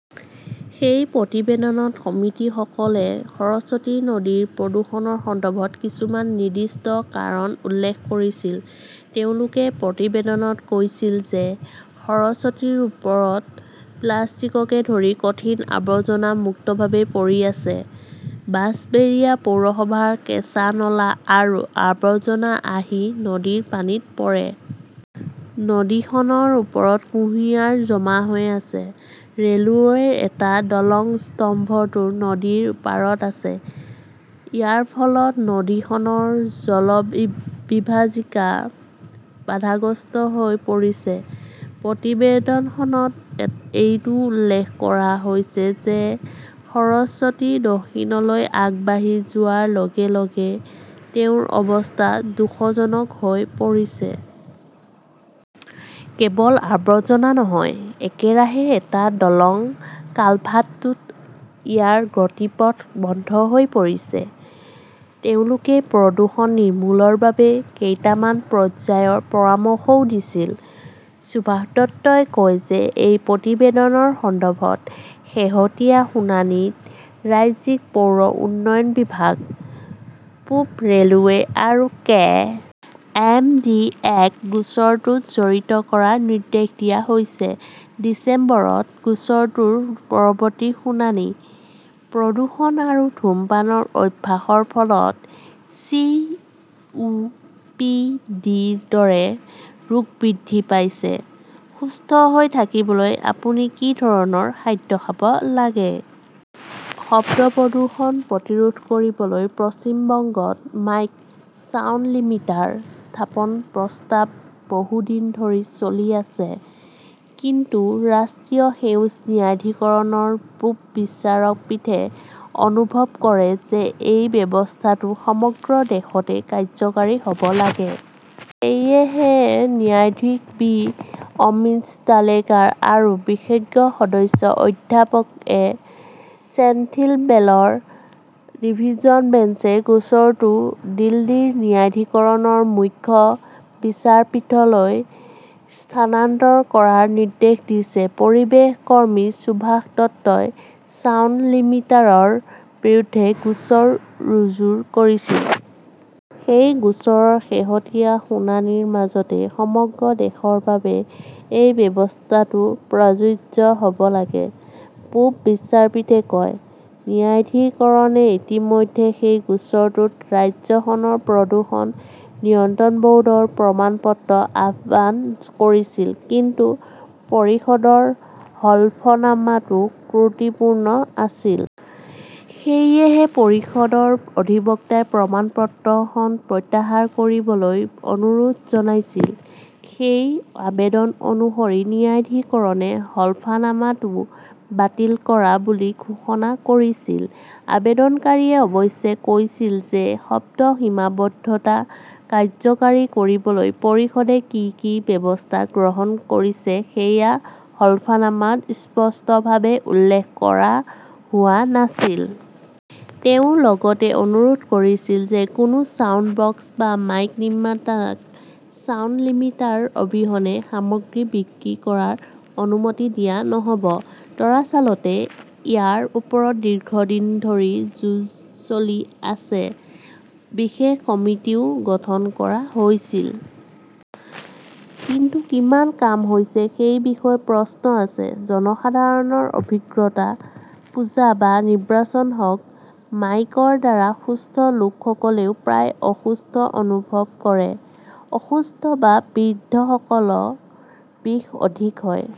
সেই প্ৰতিবেদনত সমিতিৰ সদস্যসকলে সৰস্বতী নদীৰ প্ৰদূষণৰ সন্দৰ্ভত কিছুমান নিৰ্দিষ্ট কাৰণ উল্লেখ কৰিছিল। তেওঁলোকে প্ৰতিবেদনত কৈছিল যে সৰস্বতীৰ ওপৰত প্লাষ্টিককে ধৰি কঠিন আৱৰ্জনা মুক্তভাৱে পৰি আছে। বাঁছবেৰিয়া পৌৰসভাৰ কেঁচা নলা আৰু আৱৰ্জনা আহি নদীৰ পানীত পৰে। নদীখনৰ ওপৰত কুঁহিয়াৰ জমা হৈ আছে। ৰে 'লৱেৰ এটা দলংৰ স্তম্ভটো নদীৰ পাৰত আছে। ইয়াৰ ফলত নদীখনৰ জলবিভাজিকা বাধাগ্ৰস্ত হৈ পৰিছে। প্ৰতিবেদনখনত এইটোও উল্লেখ কৰা হৈছে যে সৰস্বতী দক্ষিণলৈ আগবাঢ়ি যোৱাৰ লগে লগে তেওঁৰ অৱস্থা দুখজনক হৈ পৰিছে। কেৱল আৱৰ্জনা নহয়, একেৰাহে এটা দলং, কালভাৰ্টতো ইয়াৰ গতিপথ বন্ধ হৈ পৰিছে। তেওঁলোকে প্ৰদূষণ নিৰ্মূলৰ বাবে কেইটামান পৰ্যায়ৰ পৰামৰ্শও দিছিল। সুভাষ দত্তই কয় যে এই প্ৰতিবেদনৰ সন্দৰ্ভত শেহতীয়া শুনানিত ৰাজ্যিক পৌৰ উন্নয়ন বিভাগ, পূব ৰে "লৱে আৰু কে. এম. ডি. এ. ক গোচৰটোত জড়িত কৰাৰ নিৰ্দেশ দিয়া হৈছে। ডিচেম্বৰত গোচৰটোৰ পৰৱৰ্তী শুনানি। প্ৰদূষণ আৰু ধূমপানৰ অভ্যাসৰ ফলত 'চি. ও. পি. ডি ". ৰ দৰে ৰোগ বৃদ্ধি পাইছে, সুস্থ হৈ থাকিবলৈ আপুনি কি ধৰণৰ খাদ্য খাব লাগে? শব্দ প্ৰদূষণ প্ৰতিৰোধ কৰিবলৈ পশ্চিম বংগত মাইক 'ছাউণ্ড লিমিটাৰ' স্থাপনৰ প্ৰস্তাৱ বহু দিন ধৰি চলি আছে। কিন্তু ৰাষ্ট্ৰীয় সেউজ ন্যায়াধিকৰণৰ পূব বিচাৰপীঠে অনুভৱ কৰে যে এই ব্যৱস্থাটো সমগ্ৰ দেশতে কাৰ্যকাৰী হ 'ব লাগে। সেয়েহে ন্যায়াধীশ বি অমিত ষ্টালেকাৰ আৰু বিশেষজ্ঞ সদস্য অধ্যাপক এ ছেন্থিল বেলৰ ডিভিছন বেঞ্চে গোচৰটো দিল্লীৰ ন্যায়াধিকৰণৰ মুখ্য বিচাৰপীঠলৈ স্থানান্তৰ কৰাৰ নিৰ্দেশ দিছে। পৰিৱেশ কৰ্মী সুভাষ দত্তই ছাউণ্ড লিমিটাৰৰ বিৰুদ্ধে গোচৰ ৰুজু কৰিছিল। সেই গোচৰৰ শেহতীয়া শুনানিৰ মাজতে সমগ্ৰ দেশৰ বাবে এই ব্যৱস্থাটো প্ৰযোজ্য হ "ব লাগে, পূব বিচাৰপীঠে কয়। ন্যায়াধিকৰণে ইতিমধ্যে সেই গোচৰটোত ৰাজ্যখনৰ প্ৰদূষণ নিয়ন্ত্ৰণ ব'ৰ্ডৰ প্ৰমাণপত্ৰ আহ্বান কৰিছিল। কিন্তু পৰিষদৰ হলফনামাটো ত্ৰুটিপূৰ্ণ আছিল। সেয়েহে পৰিষদৰ অধিবক্তাই প্ৰমাণপত্ৰখন প্ৰত্যাহাৰ কৰিবলৈ অনুৰোধ জনাইছিল। সেই আবেদন অনুসৰি ন্যায়াধিকৰণে হলফনামাটো বাতিল কৰা বুলি ঘোষণা কৰিছিল। আবেদনকাৰীয়ে অৱশ্যে কৈছিল যে শব্দ সীমাবদ্ধতা কাৰ্যকাৰী কৰিবলৈ পৰিষদে কি কি ব্যৱস্থা গ্ৰহণ কৰিছে সেয়া হলফনামাত স্পষ্টভাৱে উল্লেখ কৰা হোৱা নাছিল। তেওঁ লগতে অনুৰোধ কৰিছিল যে কোনো ছাউণ্ডবক্স বা মাইক নিৰ্মাতাক ছাউণ্ড লিমিটাৰ অবিহনে সামগ্ৰী বিক্ৰী কৰাৰ অনুমতি দিয়া নহ 'ব। দৰাচলতে, ইয়াৰ ওপৰত দীৰ্ঘদিন ধৰি যুঁজ চলি আছে। বিশেষ সমিতিও গঠন কৰা হৈছিল। কিন্তু কাম কিমান হৈছে সেই বিষয়ে প্ৰশ্ন আছে। জনসাধাৰণৰ অভিজ্ঞতা, পূজা বা নিৰ্বাচন হওক, মাইকৰ দ্বাৰা সুস্থ লোকসকলেও প্ৰায় অসুস্থ অনুভৱ কৰে। অসুস্থ বা বৃদ্ধসকলৰ বিষ অধিক হয়।